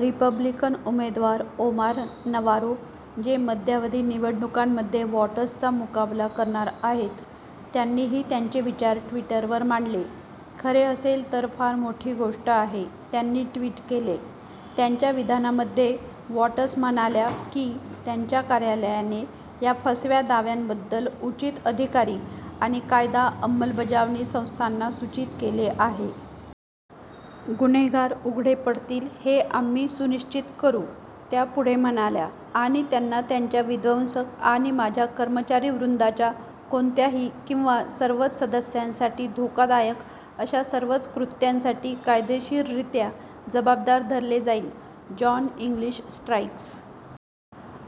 Republican उमेदवार Omar Navarro, जे मध्यावधी निवडणूकांमध्ये वाटर्सचा मुकाबला करणार आहेत, त्यांनीही त्यांचे विचार ट्विटरवर मांडले. "खरे असेल तर फार मोठी गोष्ट आहे," त्यांनी ट्विट केले. त्यांच्या विधानामध्ये वॉटर्स म्हणाल्या की त्यांच्या कार्यालयाने "या फसव्या दाव्यांबद्दल उचित अधिकारी आणि कायदा अंमलबजावणी संस्थांना सूचित केले आहे. "गुन्हेगार उघडे पडतील हे आम्ही सुनिश्चित करू," त्या पुढे म्हणाल्या, "आणि त्यांना त्यांच्या विध्वंसक आणि माझ्या कर्मचारीवृंदाच्या कोणत्याही किंवा सर्वच सदस्यांसाठी धोकादायक अशा सर्वच कृत्यांसाठी कायदेशीररित्या जबाबदार धरले जाईल. " जॉन इंग्लिश स्ट्राइक्स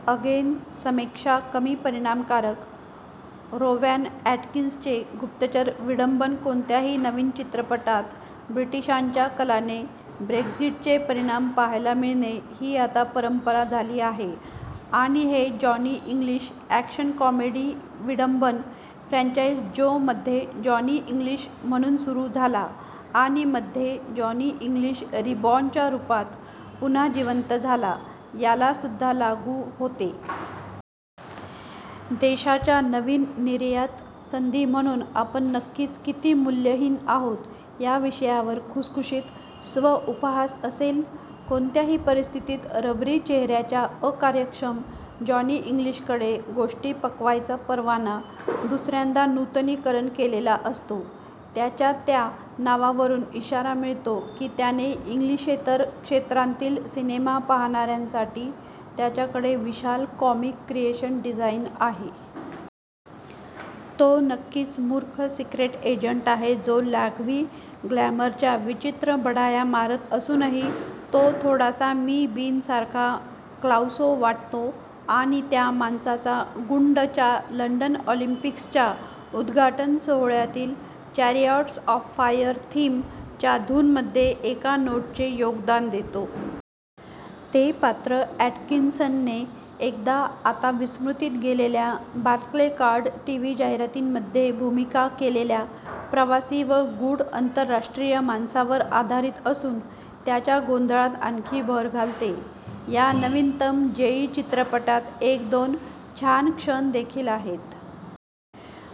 अगेन समीक्षा कमी परिणामकारक रोवॅन अॅटकिन्सनचे गुप्तचर विडंबन कोणत्याही नवीन चित्रपटात ब्रिटिशांच्या कलाने ब्रेक्झिटचे परिणाम पहायला मिळणे ही आता परंपरा झाली आहे आणि हे जॉनी इंग्लिश अॅक्शन-कॉमेडी विडंबन फ्रँचाइज जो मध्ये जॉनी इंग्लिश म्हणून सुरु झाला आणि मध्ये जॉनी इंग्लिश रिबॉर्नच्या रूपात पुन्हा जीवंत झाला, याला सुद्धा लागू होते. देशाच्या नवीन निर्यात संधी म्हणून आपण नक्कीच किती मूल्यहीन आहोत या विषयावर खुसखुशीत स्व-उपहास असेल? कोणत्याही परिस्थितीत, रबरी चेहऱ्याच्या अकार्यक्षम जॉनी इंग्लिशकडे गोष्टी पकवायचा परवाना दुसऱ्यांदा नूतनीकरण केलेला असतो त्याच्या त्या नावावरून इशारा मिळतो की त्याने इंग्लिशेतर क्षेत्रांतील सिनेमा पाहणाऱ्यांसाठी त्याच्याकडे विशाल कॉमिक क्रिएशन डिझाइन आहे. तो नक्कीच मूर्ख सिक्रेट एजंट आहे जो लाघवी ग्लॅमरच्या विचित्र बढाया मारत असूनही तो थोडासा मि. बीनसारखा क्लाउसो वाटतो आणि त्या माणसाचा गुंड च्या लंडन ऑलिंपिक्सच्या उद्घाटन सोहळ्यातील चॅरिऑट्स ऑफ फायर थीम च्या धूनमध्ये एका नोटचे योगदान देतो. ते पात्र अॅटकिन्सनने एकदा आता विस्मृतीत गेलेल्या बार्क्लेकार्ड टीव्ही जाहिरातींमध्ये भूमिका केलेल्या प्रवासी व गूढ आंतरराष्ट्रीय माणसावर आधारित असून त्याच्या गोंधळात आणखी भर घालते. या नवीनतम जेई चित्रपटात एक-दोन छान क्षण देखील आहेत.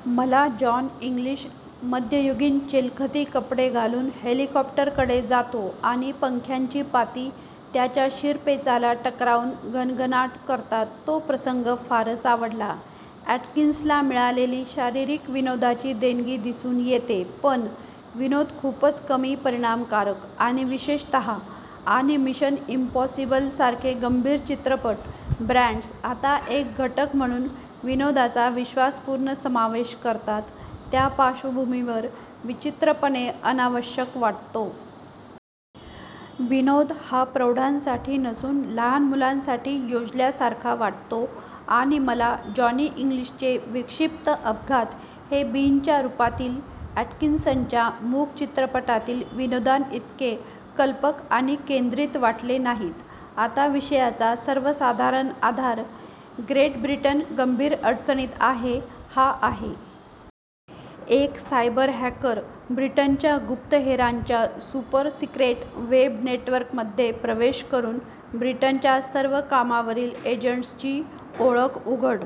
मला जॉन इंग्लिश मध्ययुगीन चिलखती कपडे घालून हेलिकॉप्टरकडे जातो आणि पंख्यांची पाती त्याच्या शिरपेचाला टकरावून घणघणाट करतात तो प्रसंग फारच आवडला. अॅटकिन्सला मिळालेली शारीरिक विनोदाची देणगी दिसून येते पण, विनोद खूपच कमी परिणामकारक आणि विशेषतः आणि मिशन इम्पॉसिबल सारखे "गंभीर" चित्रपट ब्रँड्स आता एक घटक म्हणून विनोदाचा विश्वासपूर्ण समावेश करतात त्या पार्श्वभूमीवर विचित्रपणे अनावश्यक वाटतो. विनोद हा प्रौढांसाठी नसून लहान मुलांसाठी योजल्यासारखा वाटतो आणि मला जॉनी इंग्लिशचे विक्षिप्त अपघात हे बीनच्या रूपातील अॅटकिन्सनच्या मूक-चित्रपटातील विनोदांइतके कल्पक आणि केंद्रित वाटले नाहीत. आता विषयाचा सर्वसाधारण आधार ग्रेट ब्रिटन गंभीर अडचणीत आहे हा आहे. एक सायबर-हॅकर ब्रिटनच्या गुप्तहेरांच्या सुपर-सिक्रेट वेब नेटवर्कमध्ये प्रवेश करून ब्रिटनच्या सर्व कामावरील एजंट्सची ओळख उघड